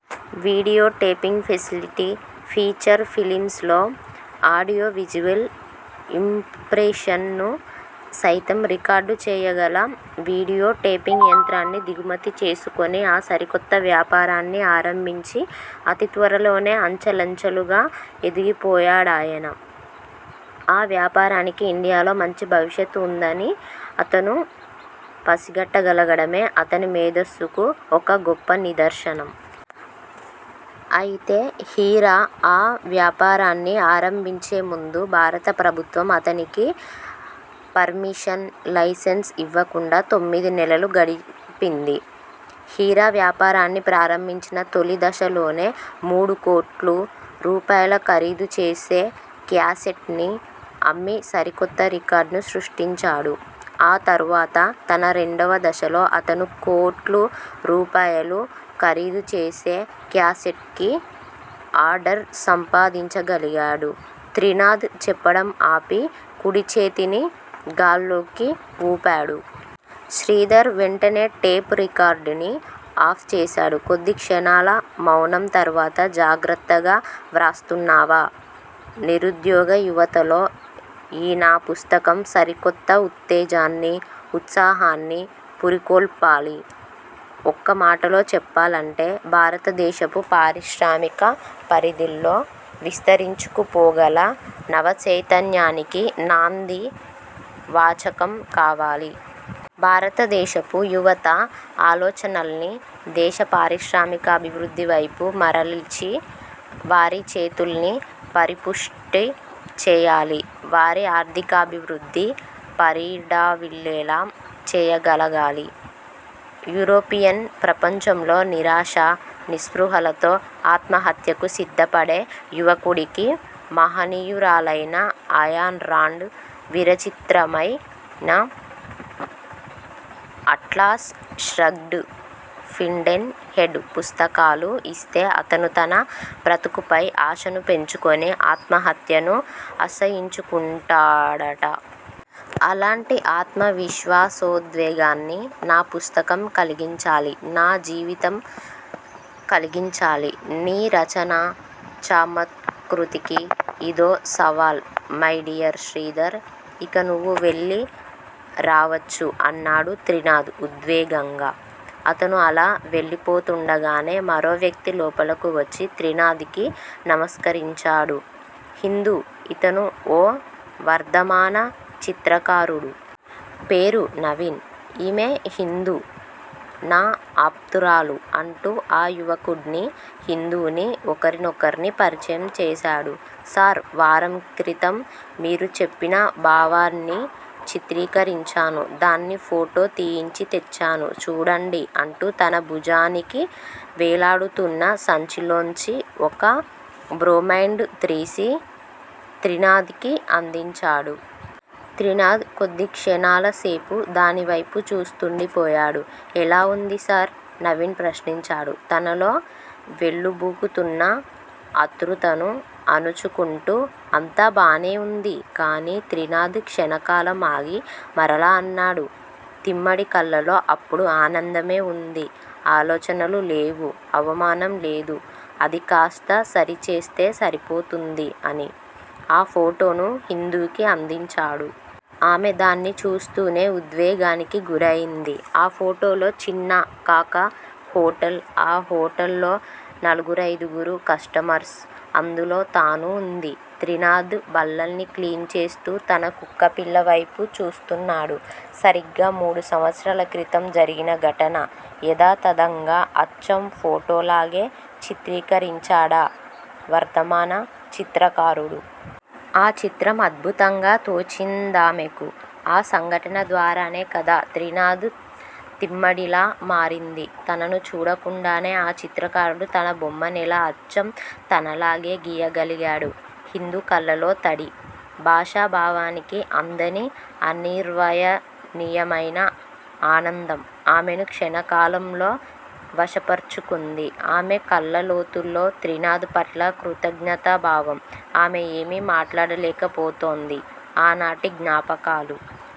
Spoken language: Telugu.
Video taping facility- feature films లో ఆడియో విజువల్ ఇంప్రెషన్స్ ను సయితం రికార్డు చేయగల వీడియో టేపింగ్ యంత్రాన్ని దిగుమతి చేసుకుని ఆ సరికొత్త వ్యాపారాన్ని ఆరంభించి అతి త్వరలోనే అంచలంచెలుగా ఎదిగిపోయాడాయన. ఆ వ్యాపారానికి ఇండియాలో మంచి భవిష్యత్ వుందని అతను పసిగట్టగలగడమే అతని మేధస్సుకు ఒక గొప్ప నిదర్శనం. అయితే హీరా ఆ వ్యాపారాన్ని ఆరంభించేముందు భారత ప్రభుత్వం అతనికి పర్మిషన్, లైసెన్స్ ఇవ్వకుండా తొమ్మిది నెలలు గడిపింది. హీరా వ్యాపారాన్ని ప్రారంభించిన తొలి దశలోనే మూడుకోట్లు రూపాయల ఖరీదుచేసే క్యాసెట్ ని అమ్మి సరికొత్త రికార్డును సృష్టించాడు. ఆ తరువాత తన రెండవ దశలో అతను కోట్లు రూపాయలు ఖరీదు చేసే క్యాసెట్ కి ఆర్డర్ సంపాదించగలిగాడు త్రినాధ్ చెప్పడం ఆపి, కుడిచేతిని గాల్లోకి వూపాడు. శ్రీధర్ వెంటనే టేప్ రికార్డర్ ని ఆఫ్ చేశాడు. కొద్దిక్షణాల మౌనం తరువాత జాగ్రత్తగా వ్రాస్తున్నావా? నిరుద్యోగ యువతలో ఈ నా పుస్తకం సరికొత్త ఉత్తేజాన్ని, ఉత్సాహాన్ని పురికొల్పాలి. ఒక్క మాటలో చెప్పాలంటే- భారతదేశపు పారిశ్రామిక పరిధుల్లో విస్తరించుకుపోగల నవ చైతన్యానికి నాందీ వాచకం కావాలి. భారతదేశపు యువత ఆలోచనల్ని దేశ పారిశ్రామికాభివృద్ది వైపు మరలించి, వారిచేతుల్ని పరిపుష్టం చేయాలి. వారి ఆర్ధికాభివృద్ధి పరిఢవిల్లేలా చేయగలగాలి. యూరోపియన్ ప్రపంచంలో నిరాశా, నిస్పృహలతో ఆత్మహత్యకు సిద్ధపడే యువకుడికి మహనీయురాలైన అయాన్ రాండ్ విరచితమైన 'అట్లాస్ ష్రగ్డ్', 'ఫింటెన్ హెడ్' పుస్తకాలు ఇస్తే అతను తన బ్రతుకుపై ఆశను పెంచుకుని ఆత్మహత్యను అసహ్యించుకుంటాడట. అలాంటి ఆత్మవిశ్వాసోద్వేగాన్ని నా పుస్తకం కలిగించాలి- నా జీవితం కలిగించాలి. నీ రచనా చమత్కృతికి ఇదో సవాల్ మైడియర్ శ్రీధర్. ఇక నువ్వు వెళ్ళి రావచ్చు అన్నాడు త్రినాధ్ ఉద్వేగంగా. అతను అలా వెళ్ళిపోతుండగానే మరో వ్యక్తి లోపలకు వచ్చి త్రినాధ్ కి నమస్కరించాడు. హిందూ ఇతను ఓ వర్ధమాన చిత్రకారుడు. పేరు నవీన్. ఈమె హిందూ, నా ఆప్తురాలు అంటూ ఆ యువకుడ్ని, హిందూని ఒకరికొకర్ని పరిచయం చేసాడు. సార్! వారం క్రితం మీరు చెప్పిన భావాన్ని చిత్రీకరించాను. దాన్ని ఫోటో తీయించి తెచ్చాను. చూడండి అంటూ తన భుజానికి వేలాడుతున్న సంచిలోంచి ఒక బ్రొమైండ్ తీసి త్రినాధ్ కి అందించాడు. త్రినాధ్ కొద్దిక్షణాలసేపు దానివేపు చూస్తుండిపోయాడు. ఎలా వుంది సార్? నవీన్ ప్రశ్నించాడు. తనలో పెల్లుబుకుతున్న ఆతృతను అణుచుకుంటూ- అంతా బానే వుంది కాని త్రినాధ్ క్షణకాలం ఆగి మరలా అన్నాడు తిమ్మడి కళ్ళలో అప్పుడు ఆనందమే వుంది. ఆలోచనలు లేవు, అవమానం లేదు. అదికాస్తా సరిచేస్తే సరిపోతుంది అని, ఆ ఫోటోను హిందూకి అందించాడు. ఆమె దాన్ని చూస్తూనే ఉద్వేగానికి గురయింది. ఆ ఫోటోలో చిన్న కాకా హోటల్ ఆ హోటల్ లో నలుగురైదుగురు కస్టమర్స్, అందులో తనూ వుంది. త్రినాధ్ బల్లల్ని క్లీన్ చేస్తూ తన కుక్కపిల్లవైపు చూస్తున్నాడు. సరిగ్గా మూడు సంవత్సరాల క్రితం జరిగిన ఘటన యథాతథంగా అచ్చం ఫోటోలాగే చిత్రీకరించాడా వర్ధమాన చిత్రకారుడు. ఆ చిత్రం అద్భుతంగా తోచిందామెకు. ఆ సంఘటన ద్వారానే కదా త్రినాధ్ తిమ్మడిలా మారింది! తనను చూడకుండానే ఆ చిత్రకారుడు తన బొమ్మనెలా అచ్చం తనలాగే గీయగలిగాడు! హిందూ కళ్ళలో తడి. భాష, భావానికి అందని అనిర్వచనీయమైన ఆనందం ఆమెను క్షణకాలంలో వశపర్చుకుంది. ఆమె కళ్ళ లోతుల్లో త్రినాధ్ పట్ల కృతజ్ఞతా భావం. ఆమె ఏమీ మాట్లాడలేకపోతోంది. ఆనాటి జ్ఞాపకాలు